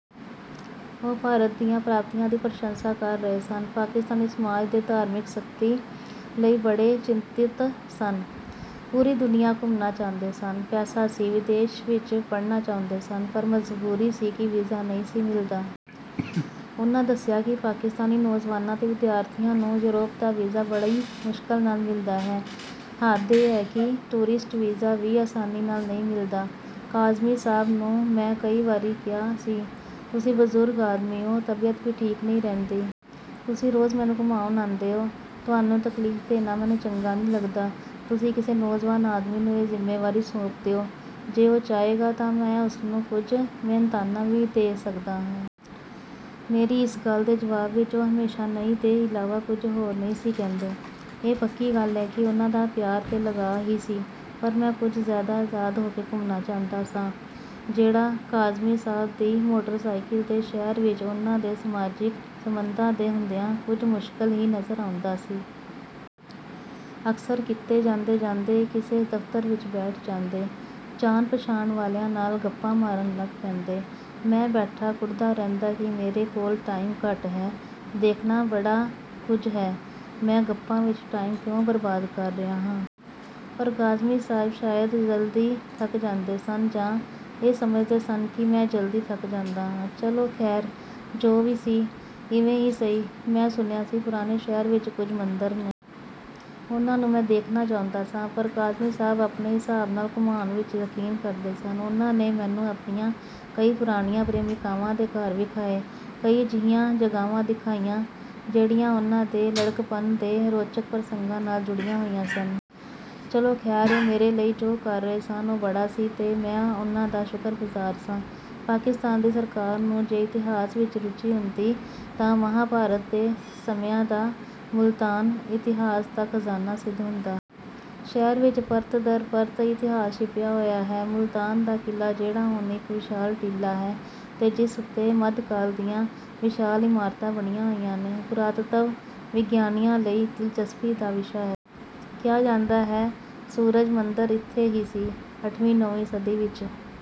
ਉਹ ਭਾਰਤ ਦੀਆਂ ਪ੍ਰਾਪਤੀਆਂ ਦੀ ਪ੍ਰਸ਼ੰਸਾ ਕਰ ਰਹੇ ਸਨ। ਪਾਕਿਸਤਾਨੀ ਸਮਾਜ ਦੇ ' ਧਾਰਮਿਕ ਸਖ਼ਤੀ ' ਲਈ ਬੜੇ ਚਿੰਤਤ ਸਨ। ਪੂਰੀ ਦੁਨੀਆਂ ਘੁੰਮਣਾ ਚਾਹੁੰਦੇ ਸਨ। ਪੈਸਾ ਸੀ। ਵਿਦੇਸ਼ ਵਿੱਚ ਪੜ੍ਹਨਾ ਚਾਹੁੰਦੇ ਸਨ। ਪਰ ਮਜਬੂਰੀ ਸੀ ਕਿ ਵੀਜ਼ਾ ਨਹੀਂ ਸੀ ਮਿਲਦਾ। ਉਹਨਾਂ ਦੱਸਿਆ ਕਿ ਪਾਕਿਸਤਾਨੀ ਨੌਜਵਾਨਾਂ ਤੇ ਵਿਦਿਆਰਥੀਆਂ ਨੂੰ ਯੂਰਪ ਦਾ ਵੀਜ਼ਾ ਬੜੀ ਮੁਸ਼ਕਲ ਨਾਲ ਮਿਲਦਾ ਹੈ। ਹੱਦ ਇਹ ਹੈ ਕਿ ਟੂਰਿਸਟ ਵੀਜ਼ਾ ਵੀ ਆਸਾਨੀ ਨਾਲ ਨਹੀਂ ਮਿਲਦਾ। ਕਾਜ਼ਮੀ ਸਾਹਬ ਨੂੰ ਮੈਂ ਕਈ ਵਾਰੀ ਕਿਹਾ ਸੀ, "ਤੁਸੀਂ ਬਜ਼ੁਰਗ ਆਦਮੀ ਓ, ਤਬੀਅਤ ਵੀ ਠੀਕ ਨਹੀਂ ਰਹਿੰਦੀ। ਤੁਸੀਂ ਰੋਜ਼ ਮੈਨੂੰ ਘੁਮਾਉਣ ਆਉਂਦੇ ਓ। ਤੁਹਾਨੂੰ ਤਕਲੀਫ਼ ਦੇਣਾ ਮੈਨੂੰ ਚੰਗਾ ਨਹੀਂ ਲੱਗਦਾ। ਤੁਸੀਂ ਕਿਸੇ ਨੌਜਵਾਨ ਆਦਮੀ ਨੂੰ ਇਹ ਜ਼ਿੰਮੇਵਾਰੀ ਸੌਂਪ ਦਿਓ। ਜੇ ਉਹ ਚਾਹੇਗਾ ਤਾਂ ਮੈਂ ਉਸਨੂੰ ਕੁਝ ਮਿਹਨਤਾਨਾ ਵੀ ਦੇ ਸਕਦਾ ਹਾਂ।" ਮੇਰੀ ਇਸ ਗੱਲ ਦੇ ਜਵਾਬ ਵਿੱਚ ਉਹ ਹਮੇਸ਼ਾ 'ਨਹੀਂ' ਦੇ ਇਲਾਵਾ ਕੁਝ ਹੋਰ ਨਹੀਂ ਸੀ ਕਹਿੰਦੇ। ਇਹ ਪੱਕੀ ਗੱਲ ਹੈ ਕਿ ਉਹਨਾਂ ਦਾ ਪਿਆਰ ਤੇ ਲਗਾਅ ਹੀ ਸੀ। ਪਰ ਮੈਂ ਕੁਝ ਜ਼ਿਆਦਾ ਆਜ਼ਾਦ ਹੋ ਕੇ ਘੁੰਮਣਾ ਚਾਹੁੰਦਾ ਸਾਂ, ਜਿਹੜਾ ਕਾਜ਼ਮੀ ਸਾਹਬ ਦੀ ਮੋਟਰ-ਸਾਈਕਲ 'ਤੇ ਸ਼ਹਿਰ ਵਿੱਚ ਉਹਨਾਂ ਦੇ ਸਮਾਜਿਕ ਸੰਬੰਧਾਂ ਦੇ ਹੁੰਦਿਆਂ ਕੁਝ ਮੁਸ਼ਕਲ ਹੀ ਨਜ਼ਰ ਆਉਂਦਾ ਸੀ। ਅਕਸਰ ਕਿਤੇ ਜਾਂਦੇ-ਜਾਂਦੇ ਕਿਸੇ ਦਫ਼ਤਰ ਵਿੱਚ ਬੈਠ ਜਾਂਦੇ, ਜਾਣ-ਪਛਾਣ ਵਾਲਿਆਂ ਨਾਲ ਗੱਪਾਂ ਮਾਰਨ ਲੱਗ ਪੈਂਦੇ। ਮੈਂ ਬੈਠਾ ਕੁੜ੍ਹਦਾ ਰਹਿੰਦਾ ਕਿ ਮੇਰੇ ਕੋਲ ਟਾਈਮ ਘੱਟ ਹੈ, ਦੇਖਣਾ ਬੜਾ ਕੁਝ ਹੈ। ਮੈਂ ਗੱਪਾਂ ਵਿੱਚ ਟਾਈਮ ਕਿਉਂ ਬਰਬਾਦ ਕਰ ਰਿਹਾ ਹਾਂ? ਪਰ ਕਾਜ਼ਮੀ ਸਾਹਬ ਸ਼ਾਇਦ ਜਲਦੀ ਥੱਕ ਜਾਂਦੇ ਸਨ ਜਾਂ ਇਹ ਸਮਝਦੇ ਸਨ ਕਿ ਮੈਂ ਜਲਦੀ ਥੱਕ ਜਾਂਦਾ ਹਾਂ। ਚਲੋ ਖ਼ੈਰ, ਜੋ ਵੀ ਸੀ, ਇਵੇਂ ਹੀ ਸਹੀ। ਮੈਂ ਸੁਣਿਆ ਸੀ, ਪੁਰਾਣੇ ਸ਼ਹਿਰ ਵਿੱਚ ਕੁਝ ਮੰਦਰ ਨੇ। ਉਹਨਾਂ ਨੂੰ ਮੈਂ ਦੇਖਣਾ ਚਾਹੁੰਦਾ ਸਾਂ। ਪਰ ਕਾਜ਼ਮੀ ਸਾਹਬ ਆਪਣੇ ਹਿਸਾਬ ਨਾਲ ਘੁਮਾਉਣ ਵਿੱਚ ਯਕੀਨ ਕਰਦੇ ਸਨ। ਉਹਨਾਂ ਨੇ ਮੈਨੂੰ ਆਪਣੀਆਂ ਕਈ ਪੁਰਾਣੀਆਂ ਪ੍ਰੇਮਿਕਾਵਾਂ ਦੇ ਘਰ ਵਿਖਾਏ। ਕਈ ਅਜਿਹੀਆਂ ਜਗ੍ਹਾਵਾਂ ਦਿਖਾਈਆਂ, ਜਿਹੜੀਆਂ ਉਹਨਾਂ ਦੇ ਲੜਕਪਨ ਦੇ ਰੋਚਕ ਪ੍ਰਸੰਗਾਂ ਨਾਲ ਜੁੜੀਆਂ ਹੋਈਆਂ ਸਨ। ਚਲੋ ਖ਼ੈਰ, ਉਹ ਮੇਰੇ ਲਈ ਜੋ ਕਰ ਰਹੇ ਸਨ, ਉਹ ਬੜਾ ਸੀ ਤੇ ਮੈਂ ਉਹਨਾਂ ਦਾ ਸ਼ੁਕਰਗੁਜ਼ਾਰ ਸਾਂ। ਪਾਕਿਸਤਾਨ ਦੀ ਸਰਕਾਰ ਨੂੰ ਜੇ ਇਤਿਹਾਸ ਵਿੱਚ ਰੁਚੀ ਹੁੰਦੀ ਤਾਂ ਮਹਾਭਾਰਤ ਦੇ ਸਮਿਆਂ ਦਾ ਮੁਲਤਾਨ ਇਤਿਹਾਸ ਦਾ ਖ਼ਜ਼ਾਨਾ ਸਿੱਧ ਹੁੰਦਾ। ਸ਼ਹਿਰ ਵਿੱਚ ਪਰਤ ਦਰ ਪਰਤ ਇਤਿਹਾਸ ਛਿਪਿਆ ਹੋਇਆ ਹੈ। ਮੁਲਤਾਨ ਦਾ ਕਿਲ੍ਹਾ, ਜਿਹੜਾ ਹੁਣ ਇਕ ਵਿਸ਼ਾਲ ਟੀਲਾ ਹੈ ਤੇ ਜਿਸ ਉੱਤੇ ਮੱਧਕਾਲ ਦੀਆਂ ਵਿਸ਼ਾਲ ਇਮਾਰਤਾਂ ਬਣੀਆਂ ਹੋਈਆਂ ਨੇ, ਪੁਰਾਤੱਤਵ-ਵਿਗਿਆਨੀਆਂ ਲਈ ਦਿਲਚਸਪੀ ਦਾ ਵਿਸ਼ਾ ਹੈ। ਕਿਹਾ ਜਾਂਦਾ ਹੈ, ਸੂਰਜ ਮੰਦਰ ਇੱਥੇ ਹੀ ਸੀ। ਅੱਠਵੀਂ-ਨੌਵੀਂ ਸਦੀ ਵਿੱਚ...